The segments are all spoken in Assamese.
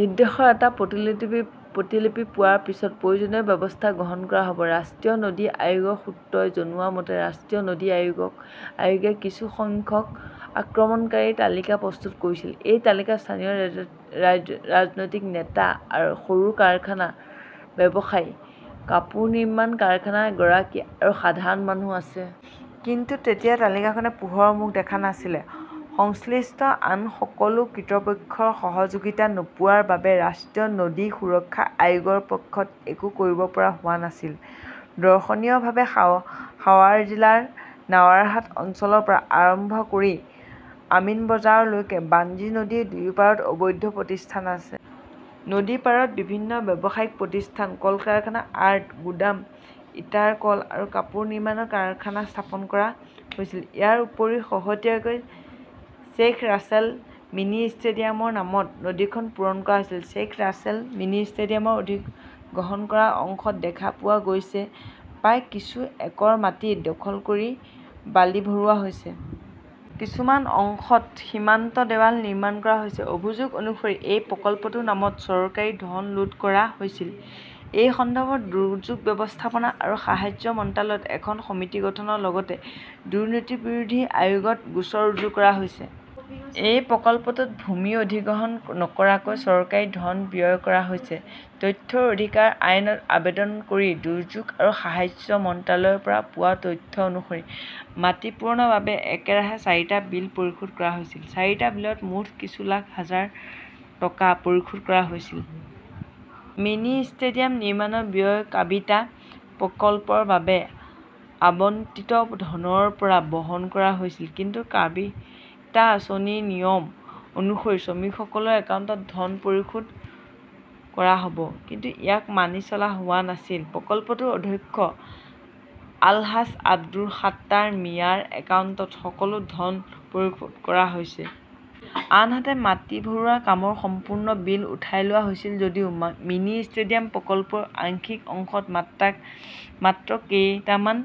নিৰ্দেশৰ এটা প্ৰতিলিপি পোৱাৰ পিছত প্ৰয়োজনীয় ব্যৱস্থা গ্ৰহণ কৰা হ'ব। ৰাষ্ট্ৰীয় নদী আয়োগৰ সূত্ৰই জনোৱা মতে, ৰাষ্ট্ৰীয় নদী আয়োগে কিছু সংখ্যাক আক্ৰমণকাৰীৰ তালিকা প্ৰস্তুত কৰিছিল। এই তালিকাত স্থানীয় ৰাজনৈতিক নেতা, সৰু কাৰখানাৰ ব্যৱসায়ী, কাপোৰ নিৰ্মাণ কাৰখানাৰ গৰাকী আৰু সাধাৰণ মানুহ আছে। কিন্তু তেতিয়া তালিকাখনে পোহৰৰ মুখ দেখা নাছিল। সংশ্লিষ্ট আন সকলো কৰ্তৃপক্ষৰ সহযোগিতা নোপোৱাৰ বাবে ৰাষ্ট্ৰীয় নদী সুৰক্ষা আয়োগৰ পক্ষত একো কৰিব পৰা হোৱা নাছিল। দৰ্শনীয়ভাৱে, সাৱাৰ জিলাৰ নাৱাৰহাট অঞ্চলৰ পৰা আৰম্ভ কৰি আমিনবজাৰৰলৈকে বাঞ্জী নদীৰ দুয়োপাৰত অবৈধ প্ৰতিষ্ঠান আছে। নদীৰপাৰত বিভিন্ন ব্যৱসায়িক প্ৰতিষ্ঠান, কল-কাৰখানা, আৰ্ট, গুদাম, ইটাৰ কল আৰু কাপোৰ নিৰ্মাণ কাৰখানা স্থাপন কৰা হৈছিল। ইয়াৰ উপৰিও শেহতীয়াকৈ 'শ্বেইখ ৰাছেল মিনি ষ্টেডিয়াম "ৰ নামত নদীখন পূৰণ কৰা হৈছিল। শ্বেইখ ৰাছেল মিনি ষ্টেডিয়ামৰ অধিগ্ৰহণ কৰা অংশত দেখা পোৱা গৈছে প্ৰায় কিছু একৰ মাটি দখল কৰি বালি ভৰোৱা হৈছে। কিছুমান অংশত সীমান্ত দেৱাল নিৰ্মাণ কৰা হৈছে। অভিযোগ অনুসৰি, এই প্ৰকল্পটোৰ নামত চৰকাৰী ধন লুট কৰা হৈছিল। এই সন্দৰ্ভত দুৰ্যোগ ব্যৱস্থাপনা আৰু সাহায্য মন্ত্ৰালয়ত এখন সমিতি গঠনৰ লগতে দুৰ্নীতি বিৰোধী আয়োগত গোচৰ ৰুজু কৰা হৈছে। এই প্ৰকল্পটোত ভূমি অধিগ্ৰহণ নকৰাকৈ চৰকাৰী ধন ব্যয় কৰা হৈছে। তথ্যৰ অধিকাৰ আইনত আবেদন কৰি দুৰ্যোগ আৰু সাহায্য মন্ত্ৰালয়ৰ পৰা পোৱা তথ্য অনুসৰি মাটি পূৰণৰ বাবে একেৰাহে চাৰিটা বিল পৰিশোধ কৰা হৈছিল। চাৰিটা বিলত মুঠ কিছু লাখ হাজাৰ টকা পৰিশোধ কৰা হৈছিল। মিনি ষ্টেডিয়াম নিৰ্মাণৰ ব্যয় কাবিটা প্ৰকল্পৰ বাবে আবণ্টিত ধনৰ পৰা বহন কৰা হৈছিল। কিন্তু কাবিটা আঁচনিৰ নিয়ম অনুসৰি শ্ৰমিকসকলৰ একাউণ্টত ধন পৰিশোধ কৰা হ'ব। কিন্তু ইয়াক মানি চলা হোৱা নাছিল। প্ৰকল্পটোৰ অধ্যক্ষ আল-হাজ আব্দুৰ সাত্তাৰ মিয়াৰ একাউণ্টত সকলো ধন পৰিশোধ কৰা হৈছে। আনহাতে, মাটি ভৰোৱাৰ কামৰ সম্পূৰ্ণ বিল উঠাই লোৱা হৈছিল যদিও মিনি ষ্টেডিয়াম প্ৰকল্পৰ আংশিক অংশত মাত্ৰ কেইটামান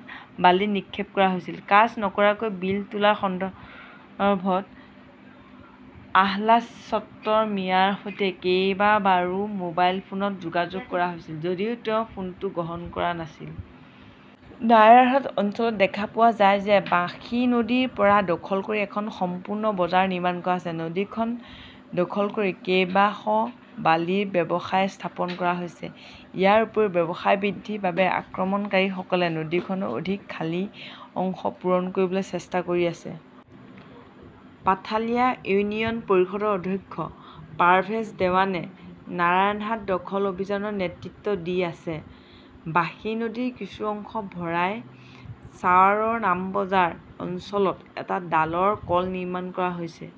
বালি নিক্ষেপ কৰা হৈছিল। কাজ নকৰাকৈ বিল তোলাৰ সন্দৰ্ভত আহলাজ ছত্তৰ মিয়াৰ সৈতে কেইবাবাৰো মোবাইল ফোনত যোগাযোগ কৰা হৈছিল যদিও তেওঁ ফোনটো গ্ৰহণ কৰা নাছিল। নায়াৰহাট অঞ্চলত দেখা পোৱা যায় যে বাঁশী নদীৰ পাৰ দখল কৰি এখন সম্পূৰ্ণ বজাৰ নিৰ্মাণ কৰা হৈছে। নদীখন দখল কৰি কেইবাশ বালিৰ ব্যৱসায় স্থাপন কৰা হৈছে। ইয়াৰ উপৰিও, ব্যৱসায় বৃদ্ধিৰ বাবে আক্ৰমণকাৰীসকলে নদীখনৰ অধিক খালী অংশ পূৰণ কৰিবলৈ চেষ্টা কৰি আছে। পাথালিয়া ইউনিয়ন পৰিষদৰ অধ্যক্ষ পাৰভেজ দেৱানে নায়াৰহাট দখল অভিযানৰ নেতৃত্ব দি আছে। বাঁশী নদীৰ কিছু অংশ ভৰাই ছাৱাৰৰ নামাবাজাৰ অঞ্চলত এটা ডালৰ কল নিৰ্মাণ কৰা হৈছে।